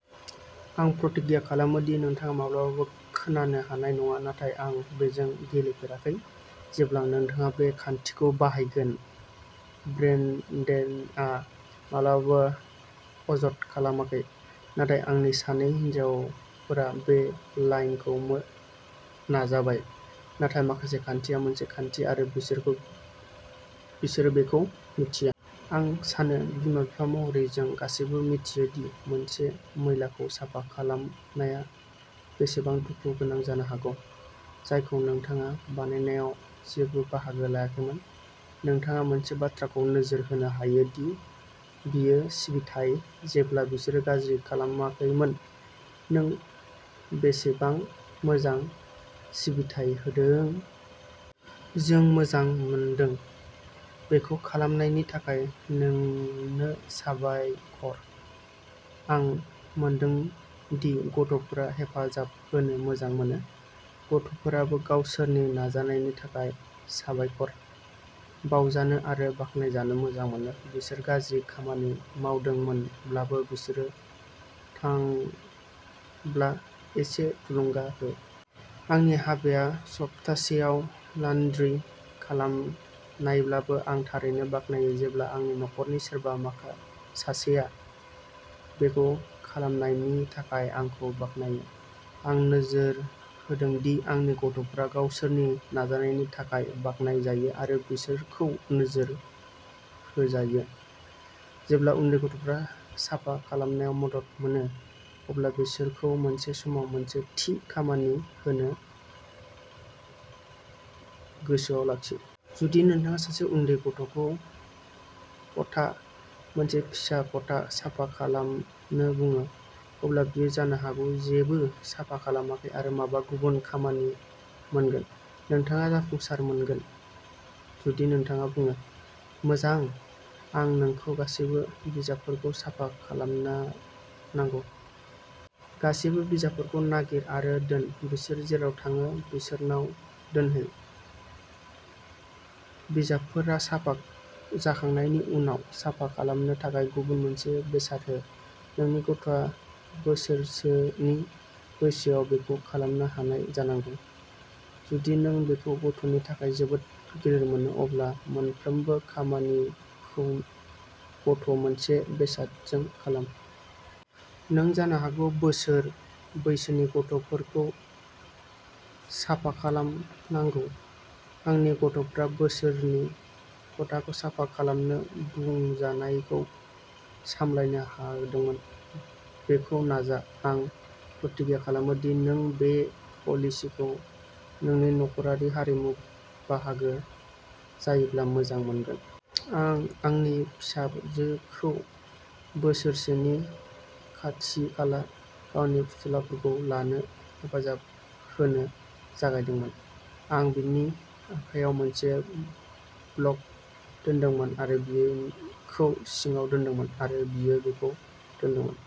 आं प्रतिज्ञा खालामाखै दि नोंथाङा माब्लाबाबो खोनानो हानाय नङा" नाथाय आं बेजों गेलेफेराखै! "जेब्ला नोंथाङा बे खान्थिखौ बाहायगोन। ब्रेडेनआ माब्लाबाबो अजद खालामाखै, नाथाय आंनि सानै हिनजावफोरा बै लाइनखौ नाजाबाय। नाथाय मोनसे खान्थिया मोनसे खान्थि, आरो बिसोरो बेखौ मिथियो। आं सानो बिमा-बिफा महरै जों गासैबो मिथियो दि मोनसे मैलाखौ साफा खालामनाया बेसेबां दुखु गोनां जानो हागौ, जायखौ नोंथाङा बानायनायाव जेबो बाहागो लायाखैमोन। नोंथाङा मोनसे बाथ्राखौ नोजोर होनो हायो दि बेयो सिबिथाइ, जेब्ला बिसोरो गाज्रि खालामाखैमोन," नों बेसेबां मोजां सिबिथाइ होदों? " जों मोजां मोनदों! बेखौ खालामनायनि थाखाय नोंनो साबायखर! "आं मोनदों दि गथ'फोरा हेफाजाब होनो मोजां मोनो। गथ'फोराबो गावसोरनि नाजानायनि थाखाय साबायखर बावजानो आरो बाख्नायजानो मोजां मोनो। बिसोर गाज्रि खामानि मावदोंमोनब्लाबो, बिसोर थांब्ला एसे थुलुंगा हो। आंनि हाबाया सप्तासेयाव लान्ड्रि खालामनायब्लाबो, आं थारैनो बाख्नायो जेब्ला आंनि नखरनि सोरबा सासेआ बेखौ खालामनायनि थाखाय आंखौ बाख्नायो। आं नोजोर होदों दि आंनि गथ'फोरा गावसोरनि नाजानायनि थाखाय बाख्नायजायो आरो बिसोरखौ नोजोर होजायो। जेब्ला उन्दै गथ'फोरा साफा खालामनायाव मदद मोनो, अब्ला बिसोरखौ मोनसे समाव मोनसे थि खामानि होनो गोसोआव लाखि। जुदि नोंथाङा सासे उन्दै गथ'खौ खथा, मोनसे फिसा खथा साफा खालामनो बुङो, अब्ला बियो जानो हागौ जेबो साफा खालामै आरो माबा गुबुन खामानि मोनगोन। नोंथाङा जाफुंसार मोनगोन जुदि नोंथाङा बुङो," मोजां, आं नोंखौ गासैबो बिजाबफोरखौ साफा खालामनो नांगौ। गासैबो बिजाबफोरखौ नागिर आरो दोन। बिसोर जेराव थाङो बिसोरनाव दोनहै। "बिजाबफोरा साफा जाखांनायनि उनाव, साफा खालामनो थाखाय गुबुन मोनसे बेसाद हो। नोंनि गथ'आ बोसोरसोनि बैसोआव बेखौ खालामनो हानाय जानांगौ। जुदि नों बेखौ गथ'नि थाखाय जोबोद गिलिर मोनो, अब्ला मोनफ्रोमबो खामानिखौ गथ'- मोनसे बेसादजों खालाम। नों जानो हागौ बोसोर बैसोनि गथ'फोरखौ साफा खालामनांगौ। आंनि गथ'फोरा बोसोरसोनि खथाखौ साफा खालामनो बुंजानायखौ सामलायनो हादोंमोन। बेखौ नाजा! आं प्रतिज्ञा खालामो दि नों बे पलिसिखौ नोंनि नखरारि हारिमुनि बाहागो जायोब्ला मोजां मोनगोन। आं आंनि फिसाजोखौ बोसोरसेनि खाथिखाला गावनि फुथुलाफोरखौ लानो हेफाजाब होनो जागायदोंमोन। आं बिनि आखायाव मोनसे ब्लक दोनदोंमोन आरो बेखौ सिङाव दोनदोंमोन, आरो बियो बेखौ दोनदोंमोन।